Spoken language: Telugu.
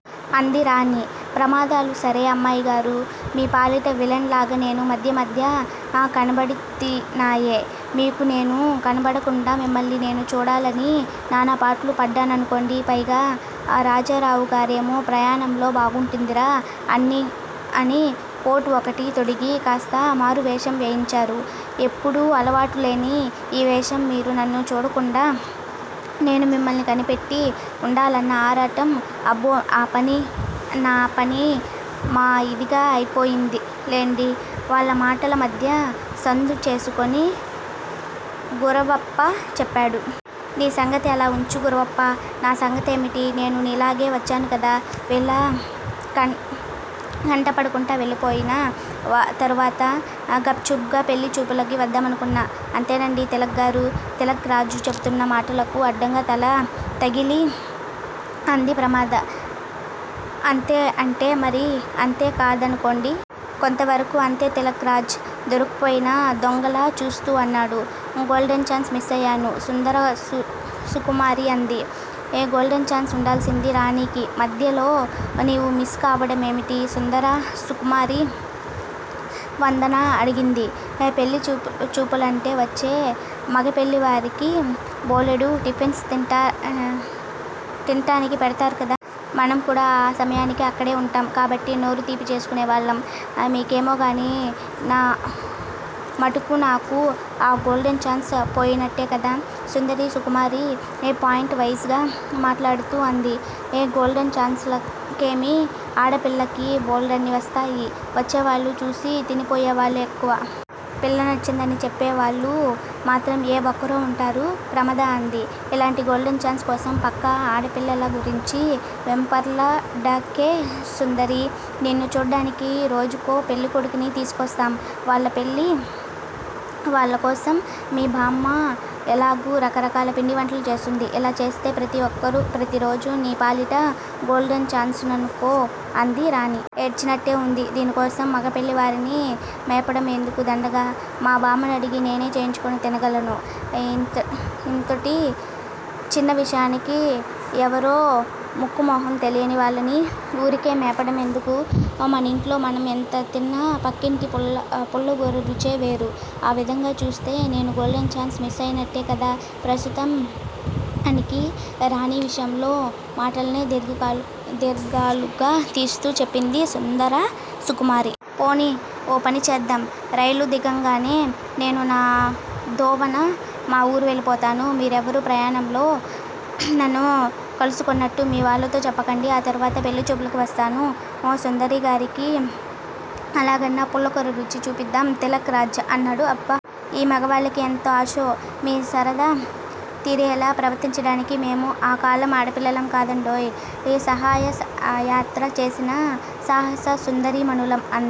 అంది రాణి. ప్రమాదాలు సరే అమ్మాయిగారు మీ పాలిట విలన్ లాగా నేను మధ్య మధ్య కనబడితినాయె. మీకు నేను కనబడకుండా మిమ్మల్ని నేను చూడాలని నానాపాట్లు పడ్డాననుకోండి. పైగా రాజారావుగారేమో ప్రయాణంలో బావుంటుందిరా! అని కోటు ఒకటి తొడిగి కాస్త మారువేషం వేయించారు. ఎప్పుడూ అలవాటులేని ఈ వేషం మీరు నన్ను చూడకుండా నేను మిమ్మల్ని కనిపెట్టి చూడాలన్న ఆరాటం అబ్బో నా పని మా ఇదిగా అయిందిలెండి వాళ్ళ మాటల మధ్యలో సందు చేసుకొని గురవప్ప చెప్పాడు. నీ సంగతి అలా ఉంచు గురవప్పా నా సంగతేమిటి? నేనూ నీలాగే వచ్చాను కదా వీళ్ళ కంటబడకుండా వెళ్ళిపోయిన తరువాత గప్ చుప్ గా పెళ్ళిచూపులకి వద్దామనుకున్నారు. అంతేనాండి తిలక్ గారు? తిలక్ రాజ్ చెబుతున్న మాటలకు అడ్డు తగిలి అంది ప్రమద. అంతే అంటే మరీ అంతే కాదనుకోండి. కొంతవరకు అంతే తిలక్ రాజ్ దొరికిపోయిన దొంగలా చూస్తూ అన్నాడు. గోల్డెన్ ఛాన్స్ మిస్సయ్యాను సుందర సుకుమారి అంది. గోల్డెన్ ఛాన్స్ ఉండాల్సింది రాణీకి. మధ్యలో నీవు మిస్ కావడమేమిటే సుందర సుకుమారీ! వందన అడిగింది. పెళ్ళి చూపులంటే వచ్చే మగపెళ్ళివారికి బోలెడు టిఫెన్స్ తింటానికి పెడతారు కదా! మనం కూడా ఆ సమయానికి అక్కడే ఉంటాం కాబట్టి నోరు తీపి చేసుకొనేవాళ్ళం. మీకేమోగాని నా మటుకు నాకు ఆ గోల్డెన్ ఛాన్స్ పోయినట్టే కదా! సుందర సుకుమారి పాయింట్ వైజ్ గా మాట్లాడుతూ అంది. గోల్డెన్ ఛాన్సులకేమి? ఆడపిల్లలకి బోల్డన్ని వస్తాయి. వచ్చేవాళ్ళు చూసి తినిపోయేవాళ్ళు ఎక్కువ. పిల్ల నచ్చిందని చెప్పేవాళ్ళు మాత్రం ఏ ఒక్కరో ఉంటారు ప్రమద అంది. ఇలాంటి గోల్డెన్ ఛాన్స్ కోసం పక్క ఆడపిల్లల గురించి వెంపర్లాడకే సుందరీ! నిన్ను చూడ్డానికి రోజుకో పెళ్ళికొడుకుని తీసుకొస్తాం. వాళ్ళకోసం మీ బామ్మ ఎలాగూ రకరకాల పిండి వంటలు చేస్తుంది. అలా చేస్తే ప్రతిరోజూ నీ పాలిట గోల్డెన్ ఛాన్సేననుకో అంది రాణి. ఏడ్చినట్టే ఉంది. దీనికోసం మగపెళ్ళివారిని మేపడం ఎందుకు దండగ. మా బామ్మనడిగి నేనే చేయించుకు తినగలను. ఇంతోటి చిన్న విషయానికి ఎవరో ముక్కూ మొహం తెలీని వాళ్ళని ఊరికే మేపడం ఎందుకు? మనింట్లో మనం ఎంత తిన్నా పక్కింటి పుల్లకూర రుచే వేరు. ఆ విధంగా చూస్తే నేను గోల్డెన్ ఛాన్స్ మిస్సయినట్టే కదా ప్రస్తుతానికి రా ణి విషయంలో మాటల్నే దీర్ఘాలుగా తీస్తూ చెప్పింది సుందర సుకుమారి. పోనీ ఓ పని చేద్దాం. రైలు దిగంగానే నేను నా దోవన మా ఊరు వెళ్ళిపోతాను. మీరెవరూ ప్రయాణంలో నన్ను కలుసుకొన్నట్టు మీ వాళ్ళతో చెప్పకండి. ఆ తరువాత పెళ్ళిచూపులకి వస్తాను. సుందరి గారికి అలాగన్నా పుల్లకూర రుచి చూపిద్దాం తిలక్ రాజ్ అన్నాడు. అబ్బా! ఈ మగవాళ్ళకి ఎంత ఆశో! మీ సరదా తీరేలా ప్రవర్తించడానికి మేము ఆ కాలం ఆడపిల్లలం కాదండోయ్. సాహయయాత్ర చేసిన సాహస సుందరీమణులం అంది